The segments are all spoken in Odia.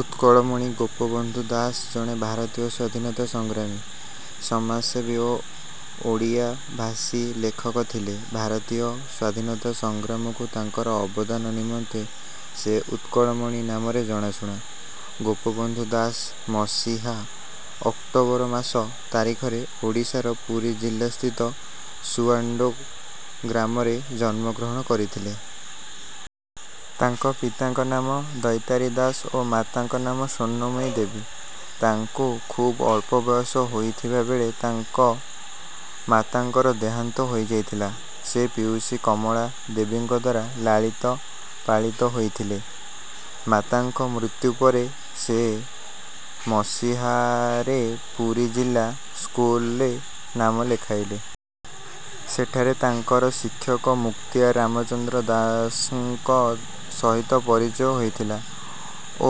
ଉତ୍କଳମଣି ଗୋପବନ୍ଧୁ ଦାସ ଜଣେ ଭାରତୀୟ ସ୍ୱାଧୀନତା ସଂଗ୍ରାମୀ, ସମାଜସେବୀ ଓ ଓଡ଼ିଆ-ଭାଷୀ ଲେଖକ ଥିଲେ। ଭାରତୀୟ ସ୍ୱାଧୀନତା ସଂଗ୍ରାମକୁ ତାଙ୍କର ଅବଦାନ ନିମନ୍ତେ ସେ "ଉତ୍କଳମଣି" ନାମରେ ଜଣାଶୁଣା। ଗୋପବନ୍ଧୁ ଦାସ ମସିହା ଅକ୍ଟୋବର ମାସ ତାରିଖରେ ଓଡ଼ିଶାର ପୁରୀ ଜିଲ୍ଲାସ୍ଥିତ ସୁଆଣ୍ଡୋ ଗ୍ରାମରେ ଜନ୍ମଗ୍ରହଣ କରିଥିଲେ। ତାଙ୍କ ପିତାଙ୍କ ନାମ ଦୈତାରି ଦାସ ଓ ମାତାଙ୍କ ନାମ ସ୍ୱର୍ଣ୍ଣମୟୀ ଦେବୀ। ତାଙ୍କୁ ଖୁବ ଅଳ୍ପ ବୟସ ହୋଇଥିବା ବେଳେ ତାଙ୍କ ମାତାଙ୍କର ଦେହାନ୍ତ ହୋଇଯାଇଥିଲା। ସେ ପିଉସୀ କମଳା ଦେବୀଙ୍କଦ୍ୱାରା ଲାଳିତ ପାଳିତ ହୋଇଥିଲେ। ମାତାଙ୍କ ମୃତ୍ୟୁ ପରେ ସେ ମସିହାରେ ପୁରୀ ଜିଲ୍ଲା ସ୍କୁଲରେ ନାମ ଲେଖାଇଲେ। ସେଠାରେ ତାଙ୍କର ଶିକ୍ଷକ ମୁକ୍ତିଆର ରାମଚନ୍ଦ୍ର ଦାସଙ୍କ ସହିତ ପରିଚୟ ହୋଇଥିଲା ଓ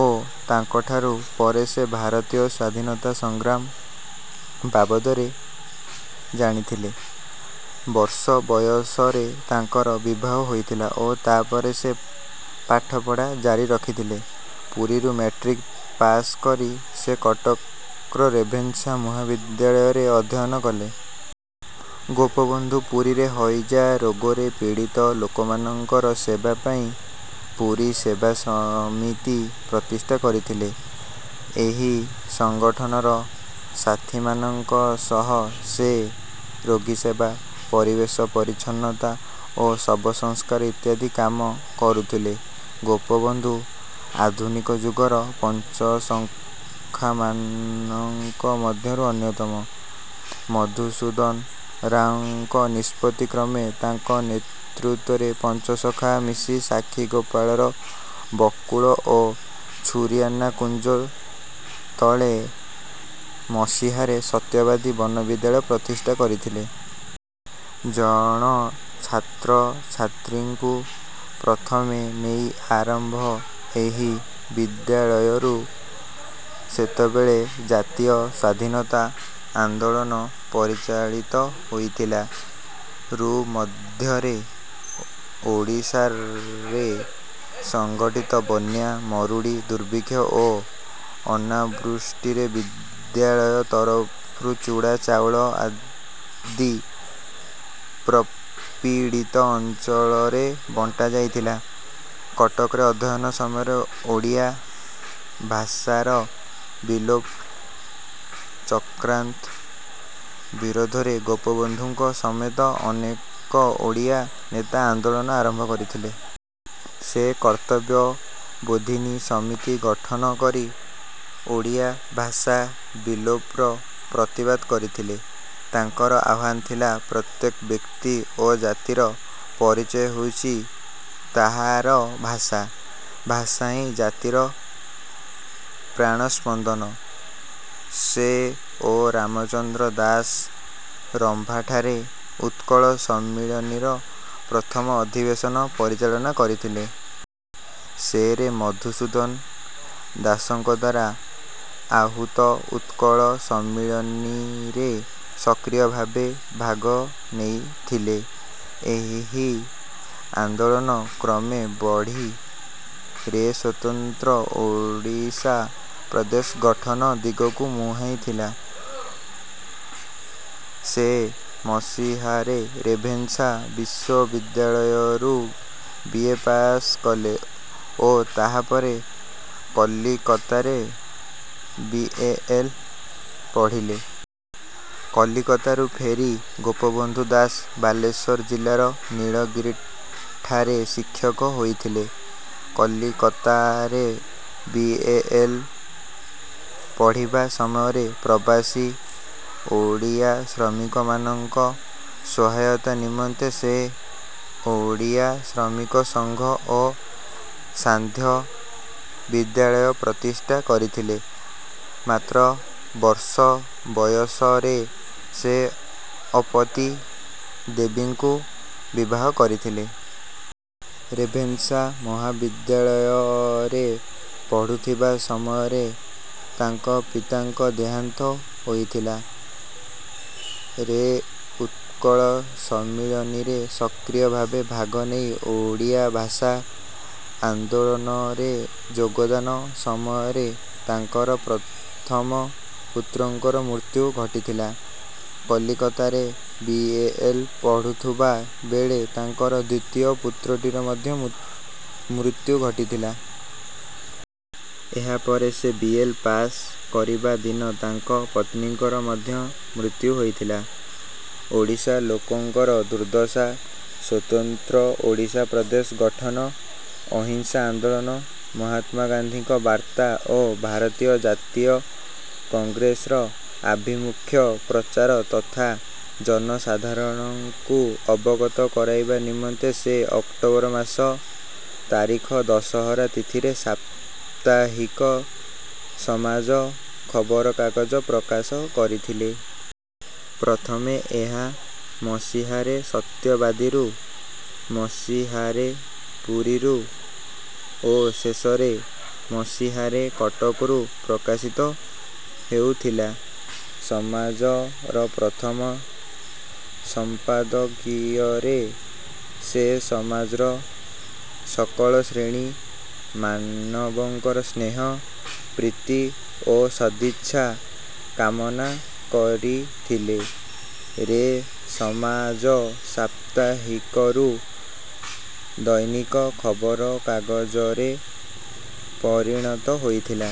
ତାଙ୍କଠାରୁ ପରେ ସେ ଭାରତୀୟ ସ୍ୱାଧୀନତା ସଂଗ୍ରାମ ବାବଦରେ ଜାଣିଥିଲେ। ବର୍ଷ ବୟସରେ ତାଙ୍କର ବିବାହ ହୋଇଥିଲା ଓ ତା'ପରେ ସେ ପାଠପଢ଼ା ଜାରିରଖିଥିଲେ। ପୁରୀରୁ ମାଟ୍ରିକ ପାସ କରି ସେ କଟକର ରେଭେନ୍ସା ମହାବିଦ୍ୟାଳୟରେ ଅଧ୍ୟୟନ କଲେ। ଗୋପବନ୍ଧୁ ପୁରୀରେ ହଇଜା ରୋଗରେ ପୀଡ଼ିତ ଲୋକମାନଙ୍କର ସେବା ପାଇଁ ପୁରୀ ସେବା ସମିତି ପ୍ରତିଷ୍ଠା କରିଥିଲେ। ଏହି ସଂଗଠନର ସାଥୀମାନଙ୍କ ସହ ସେ ରୋଗୀସେବା, ପରିବେଶ ପରିଚ୍ଛନ୍ନତା ଓ ଶବସଂସ୍କାର ଇତ୍ୟାଦି କାମ କରୁଥିଲେ। ଗୋପବନ୍ଧୁ ଆଧୁନିକ ଯୁଗର ପଞ୍ଚସଖାମାନଙ୍କ ମଧ୍ୟରୁ ଅନ୍ୟତମ। ମଧୁସୂଦନ ରାଓଙ୍କ ନିଷ୍ପତି କ୍ରମେ ତାଙ୍କ ନେତୃତ୍ୱରେ ପଞ୍ଚସଖା ମିଶି ସାକ୍ଷୀଗୋପାଳର ବକୁଳ ଓ ଛୁରିଆନା କୁଞ୍ଜ ତଳେ ମସିହାରେ ସତ୍ୟବାଦୀ ବନ ବିଦ୍ୟାଳୟ ପ୍ରତିଷ୍ଠା କରିଥିଲେ। ଜଣ ଛାତ୍ରଛାତ୍ରୀଙ୍କୁ ପ୍ରଥମେ ନେଇ ଆରମ୍ଭ ଏହି ବିଦ୍ୟାଳୟରୁ ସେତେବେଳେ ଜାତୀୟ ସ୍ୱାଧୀନତା ଆନ୍ଦୋଳନ ପରିଚାଳିତ ହେଉଥିଲା। ରୁ ମଧ୍ୟରେ ଓଡ଼ିଶାରେ ସଂଘଟିତ ବନ୍ୟା, ମରୁଡ଼ି, ଦୁର୍ଭିକ୍ଷ ଓ ଅନାବୃଷ୍ଟିରେ ବିଦ୍ୟାଳୟ ତରଫରୁ ଚୁଡ଼ା, ଚାଉଳ ଆଦି ପ୍ରପୀଡ଼ିତ ଅଞ୍ଚଳରେ ବଣ୍ଟାଯାଇଥିଲା। କଟକରେ ଅଧ୍ୟୟନ ସମୟରେ ଓଡ଼ିଆ ଭାଷାର ବିଲୋପ ଚକ୍ରାନ୍ତ ବିରୋଧରେ ଗୋପବନ୍ଧୁଙ୍କ ସମେତ ଅନେକ ଓଡ଼ିଆ ନେତା ଆନ୍ଦୋଳନ ଆରମ୍ଭ କରିଥିଲେ। ସେ କର୍ତ୍ତବ୍ୟ ବୋଧିନୀ ସମିତି ଗଠନ କରି ଓଡ଼ିଆ ଭାଷା ବିଲୋପର ପ୍ରତିବାଦ କରିଥିଲେ। ତାଙ୍କର ଆହ୍ୱାନ ଥିଲା "ପ୍ରତ୍ୟେକ ବ୍ୟକ୍ତି ଓ ଜାତିର ପରିଚୟ ହେଉଛି ତାହାର ଭାଷା। ଭାଷାହିଁ ଜାତିର ପ୍ରାଣସ୍ପନ୍ଦନ"। ସେ ଓ ରାମଚନ୍ଦ୍ର ଦାଶ ରମ୍ଭାଠାରେ ଉତ୍କଳ ସମ୍ମିଳନୀର ପ୍ରଥମ ଅଧିବେଶନ ପରିଚାଳନା କରିଥିଲେ। ସେ ରେ ମଧୁସୂଦନ ଦାସଙ୍କଦ୍ୱାରା ଆହୂତ ଉତ୍କଳ ସମ୍ମିଳନୀରେ ସକ୍ରିୟ ଭାବେ ଭାଗନେଇଥିଲେ। ଏହି ଆନ୍ଦୋଳନ କ୍ରମେ ବଢ଼ି ରେ ସ୍ୱତନ୍ତ୍ର ଓଡ଼ିଶା ପ୍ରଦେଶ ଗଠନ ଦିଗକୁ ମୁହାଁଇଥିଲା। ସେ ମସିହାରେ ରେଭେନ୍ସା ମହାବିଦ୍ୟାଳୟରୁ ବିଏ ପାସ କଲେ ଓ ତାହାପରେ କଲିକତାରେ ବିଏଲ ପଢ଼ିଲେ। କଲିକତାରୁ ଫେରି ଗୋପବନ୍ଧୁ ଦାସ ବାଲେଶ୍ୱର ଜିଲ୍ଲାର ନୀଳଗିରିଠାରେ ଶିକ୍ଷକ ହୋଇଥିଲେ। କଲିକତାରେ ବିଏଲ ପଢ଼ିବା ସମୟରେ ପ୍ରବାସୀ ଓଡ଼ିଆ ଶ୍ରମିକମାନଙ୍କ ସହାୟତା ନିମନ୍ତେ ସେ ଓଡ଼ିଆ ଶ୍ରମିକ ସଂଘ ଓ ସାନ୍ଧ୍ୟ ବିଦ୍ୟାଳୟ ପ୍ରତିଷ୍ଠା କରିଥିଲେ। ମାତ୍ର ବର୍ଷ ବୟସରେ ସେ ଅପତୀ ଦେବୀଙ୍କୁ ବିବାହ କରିଥିଲେ। ରେଭେନ୍ସା ମହାବିଦ୍ୟାଳୟରେ ପଢ଼ୁଥିବା ସମୟରେ ତାଙ୍କ ପିତାଙ୍କ ଦେହାନ୍ତ ହୋଇଥିଲା। ରେ ଉତ୍କଳ ସମ୍ମିଳନୀରେ ସକ୍ରିୟ ଭାବେ ଭାଗ ନେଇ ଓଡ଼ିଆ ଭାଷା ଆନ୍ଦୋଳନରେ ଯୋଗଦାନ ସମୟରେ ତାଙ୍କର ପ୍ରଥମ ପୁତ୍ରଙ୍କର ମୃତ୍ୟୁ ଘଟିଥିଲା। କଲିକତାରେ ବିଏଲ ପଢ଼ୁଥିବା ବେଳେ ତାଙ୍କର ଦ୍ୱିତୀୟ ପୁତ୍ରଟିର ମଧ୍ୟ ମୃତ୍ୟୁ ଘଟିଥିଲା। ଏହା ପରେ ସେ ବିଏଲ ପାସ କରିବା ଦିନ ତାଙ୍କ ପତ୍ନୀଙ୍କର ମଧ୍ୟ ମୃତ୍ୟୁ ହୋଇଥିଲା। ଓଡ଼ିଶା ଲୋକଙ୍କର ଦୁର୍ଦ୍ଦଶା, ସ୍ୱତନ୍ତ୍ର ଓଡ଼ିଶା ପ୍ରଦେଶ ଗଠନ, ଅହିଂସା ଆନ୍ଦୋଳନ, ମହାତ୍ମା ଗାନ୍ଧୀଙ୍କ ବାର୍ତ୍ତା ଓ ଭାରତୀୟ ଜାତୀୟ କଂଗ୍ରେସ ର ଆଭିମୁଖ୍ୟ ପ୍ରଚାର ତଥା ଜନସାଧାରଣଙ୍କୁ ଅବଗତ କରାଇବା ନିମନ୍ତେ ସେ ଅକ୍ଟୋବର ମାସ ତାରିଖ ଦଶହରା ତିଥିରେ ସାପ୍ତାହିକ "ସମାଜ " ଖବରକାଗଜ ପ୍ରକାଶ କରିଥିଲେ। ପ୍ରଥମେ ଏହା ମସିହାରେ ସତ୍ୟବାଦୀରୁ, ମସିହାରେ ପୁରୀରୁ ଓ ଶେଷରେ ମସିହାରେ କଟକରୁ ପ୍ରକାଶିତ ହେଉଥିଲା। ସମାଜ ର ପ୍ରଥମ ସମ୍ପାଦକୀୟରେ ସେ ସମାଜର ସକଳ ଶ୍ରେଣୀ ମାନବଙ୍କର ସ୍ନେହ, ପ୍ରୀତି ଓ ସଦିଚ୍ଛା କାମନାକରିଥିଲେ। ରେ " ସମାଜ " 'ସାପ୍ତାହିକରୁ ଦୈନିକ ଖବରକାଗଜରେ ପରିଣତ ହୋଇଥିଲା।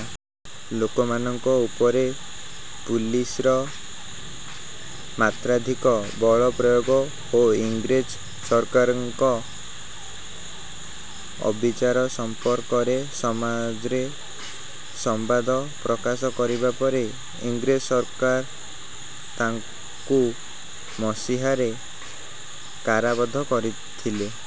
ଲୋକମାନଙ୍କ ଉପରେ ପୁଲିସର ମାତ୍ରାଧିକ ବଳପ୍ରୟୋଗ ଓ ଇଂରେଜ ସରକାରଙ୍କ ଅବିଚାର ସମ୍ପର୍କରେ ସମାଜ ରେ ସମ୍ବାଦ ପ୍ରକାଶ କରିବା ପରେ ଇଂରେଜ ସରକାର ତାଙ୍କୁ ମସିହାରେ କାରାବଦ୍ଧ କରିଥିଲେ।